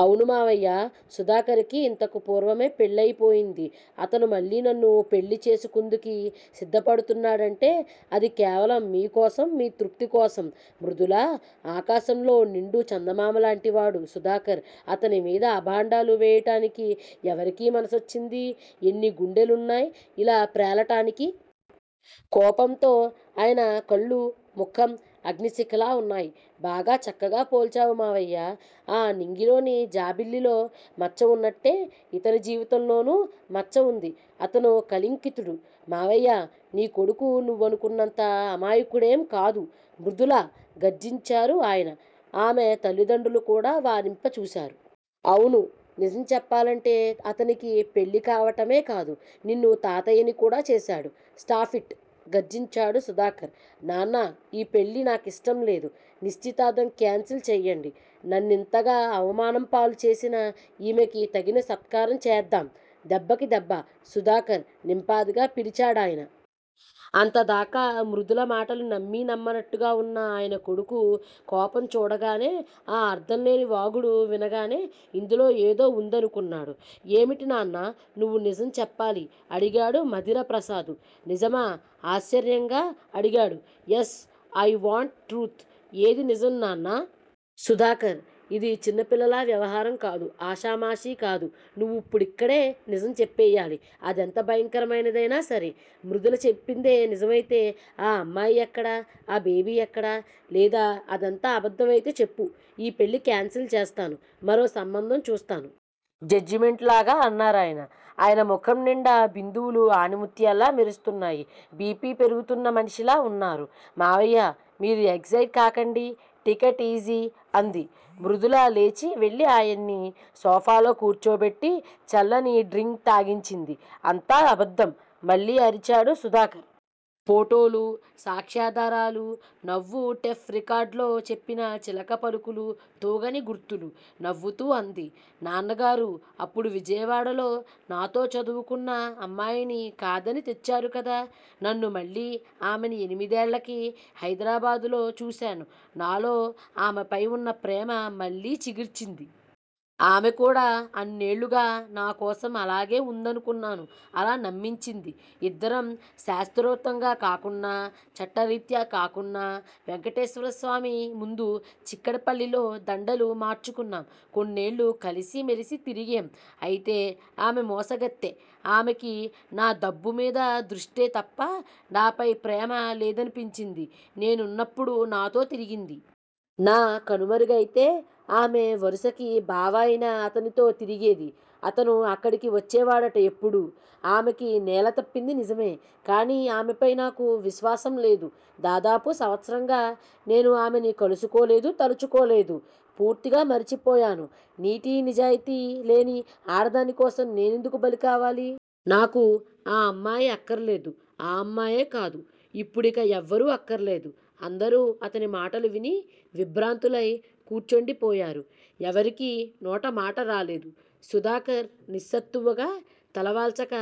అవును మావయ్యా! సుధాకర్ కి యింతకు పూర్వమే పెళ్ళయిపోయింది. అతను మళ్ళీ నన్ను పెళ్ళీ చేసుకుందుకి సిద్దపడుతున్నాడంటే అది కేవలం మీ కోసం __మీ తృప్తి కోసం! మృదులా! ఆకాశంలో నిండు చందమామాలాoటి వాడు సుధాకర్! అతని మీద అభాండాలు వేయటానికి ఎవరికీ మనసోచ్చింది? ఎన్ని గుండెలున్నాయ్ యిలా ప్రేలటానికి? కోపంతో అయన కళ్ళు, ముఖం అగ్ని శిఖలా వున్నాయి. బాగా చక్కగా పోల్చావు మామయ్యా! ఆ నింగిలోని జాబిల్లిలో మచ్చవున్నట్టే యితని జీవితంలోనూ మచ్చవుంది. అతను కళింకితుడు __ మావయ్యా నీ కొడుకు నువ్వనుకున్నంత అమాయకుడెం కాదు! మృదులా! గర్జించారు అయన. ఆమె తలిదండ్రులు కూడా వారింప చూశారు. అవును! నిజం చెప్పాలంటే అతనికి పెళ్ళికావటమే కాదు నిన్ను తాతయ్యని కూడా చేశాడు! స్టాఫిట్! గర్జించాడు సుధాకర్. నాన్నా ఈ పెళ్ళి నాకిష్టంలేదు. నిశ్చితార్దం కేన్సిల్ చేయండి. నన్నింతగా అవమానం పాలు చేసిన ఈమెకి తగిన సత్కారం చేద్దాం. దెబ్బకి దెబ్బ! సుధాకర్! నింపాదిగా పిలిచాడాయన. అంతదాకా మృదుల మాటలు నమ్మి నమ్మనట్టుగా వున్న అయన కొడుకు కోపం చూడగానే, ఆ అర్ధంలేని వాగుడు వినగానే ఇందులో ఏదో వుందనుకున్నాడు. ఏమిటి నాన్నా! నువ్వు నిజం చెప్పాలి! అడిగాడు మధిరప్రసాదు. నిజమా! ఆశ్చర్యంగా అడిగాడు. యస్! అయ్ వాంట్ ట్రూత్! ఏది నిజం నాన్నా? సుధాకర్! ఇది చిన్నపిల్లలా వ్యవహారం కాదు. ఆశామషీకాదు. నువ్విప్పుడిక్కడే నిజ్హం చెప్పెయ్యాలి. అదెంత భయకంరమైన దైనా సరే! మృదుల చెప్పిందే నిజమయితే ఆ అమ్మాయి ఎక్కడ? ఆ బేబీ ఎక్కడ? లేదా అదంతా అబద్దం అయితే చెప్పు __ ఈ పెళ్ళి కాన్సిల్ చేస్తాను మరో సంబంధం చూస్తాను! జడ్జిమెంటులాగా అన్నారాయన. అయన ముఖం నిండా బిందువులు అణిముత్యాల్లా మెరుస్తున్నాయి బి. పి పెరుగుతున్న మనిషిలా వున్నారు. మామయ్యా! మీరు ఎగ్ సైట్ కాకండి. Take it easy! అంది. మృదుల లేచి వెళ్ళి ఆయన్ని సోఫాలో కూర్చోబెట్టి, చల్లని డ్రింక్ తాగించింది. అంతా అబద్దం! మళ్ళీ అరిచాడు సుధాకం. పోటోలు సాక్ష్యాదారాలు! నవ్వు టెఫ్ రికార్డ్ లో చెప్పిన చిలక పలుకులు తూగని గుర్తులు! నవ్వుతూ అంది. నాన్నగారూ అప్పుడు విజయవాడలో, నాతో చదువు కున్న అమ్మాయిని కాదని తెచ్చారు కదా నన్ను మళ్ళీ ఆమెని ఎనిమిదేళ్ళకి హైదరాబాదు లో చూశాను. నాలో ఆమెపైవున్న ప్రేమ మళ్ళీ చిగిర్చింది. ఆమెకూడా అన్నేళ్లుగా నాకోసం అలాగే వుందనుకున్నాను అలా నమ్మించింది. ఇద్దరం శాస్త్రోక్తంగా కాకున్నా, చట్టరిర్యా కాకున్నా వెంకటేశ్వర స్వామి ముందు __ చిక్కడపల్లిలో దండలు మార్చుకున్నాం, కొన్నేళ్ళు కలసిమెలసి తిరిగేం __ అయితే ఆమె మోసగత్తె __ ఆమెకి నాదబ్బు మీద దృష్టే తప్ప __ నాపై ప్రేమ లేదనిపించింది నేన్నున్నప్పుడు నాతో తిరిగింది. నా కనుమరుగైతే ఆమె వరుసకి బావ అయిన అతనితో తిరిగేది. అతను అక్కడికి వచ్చేవాడట ఎప్పుడూ__ ఆమెకి నేల తప్పింది నిజమే! కానీ ఆమెపై నాకు విశ్వాసంలేదు. దాదాపు సంవత్సరంగా నేను ఆమెని కలుసుకో లేదు తలచుకోలేదు. పూర్తిగా మరచిపోయాను. నీటి, నిజాయితీ లేని ఆడదాని కోసం నేనెందుకు బలికావాలి! నాకు ఆ అమ్మాయి అక్కర్లేదు ఆ అమ్మాయే కాదు __ ఇప్పుడిక ఎవరూ అక్కర్లేదు! అందరూ అతని మాటలు విని విభ్రాంతులై కూర్చోండి పోయారు. ఎవరికీ నోటమాటరాలేదు. సుధాకర్ నిస్సత్తువుగా తలవాల్చక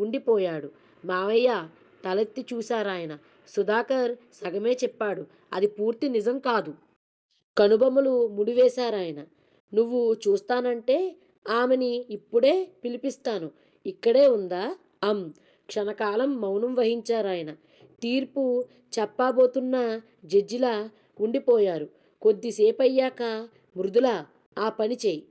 వుండిపోయాడు. మామయ్యా! తలెత్తి చూశారాయన సుధాకర్ సగమే చెప్పాడు. అది పూర్తి నిజం కాదు! కనుబొమలు ముడి వేశారాయన. నువ్వు చూస్తానంటే ఆమెని. యిప్పుడే పిలిపిస్తాను! ఇక్కడే వుందా? అం, క్షణకాలం మౌనం వహించారాయణ. తీర్పు చెప్పాబోతున్న జడ్జిలా వుండిపోయారు. కొద్దిసేపయ్యాక మృదులా! ఆ పని చెయ్!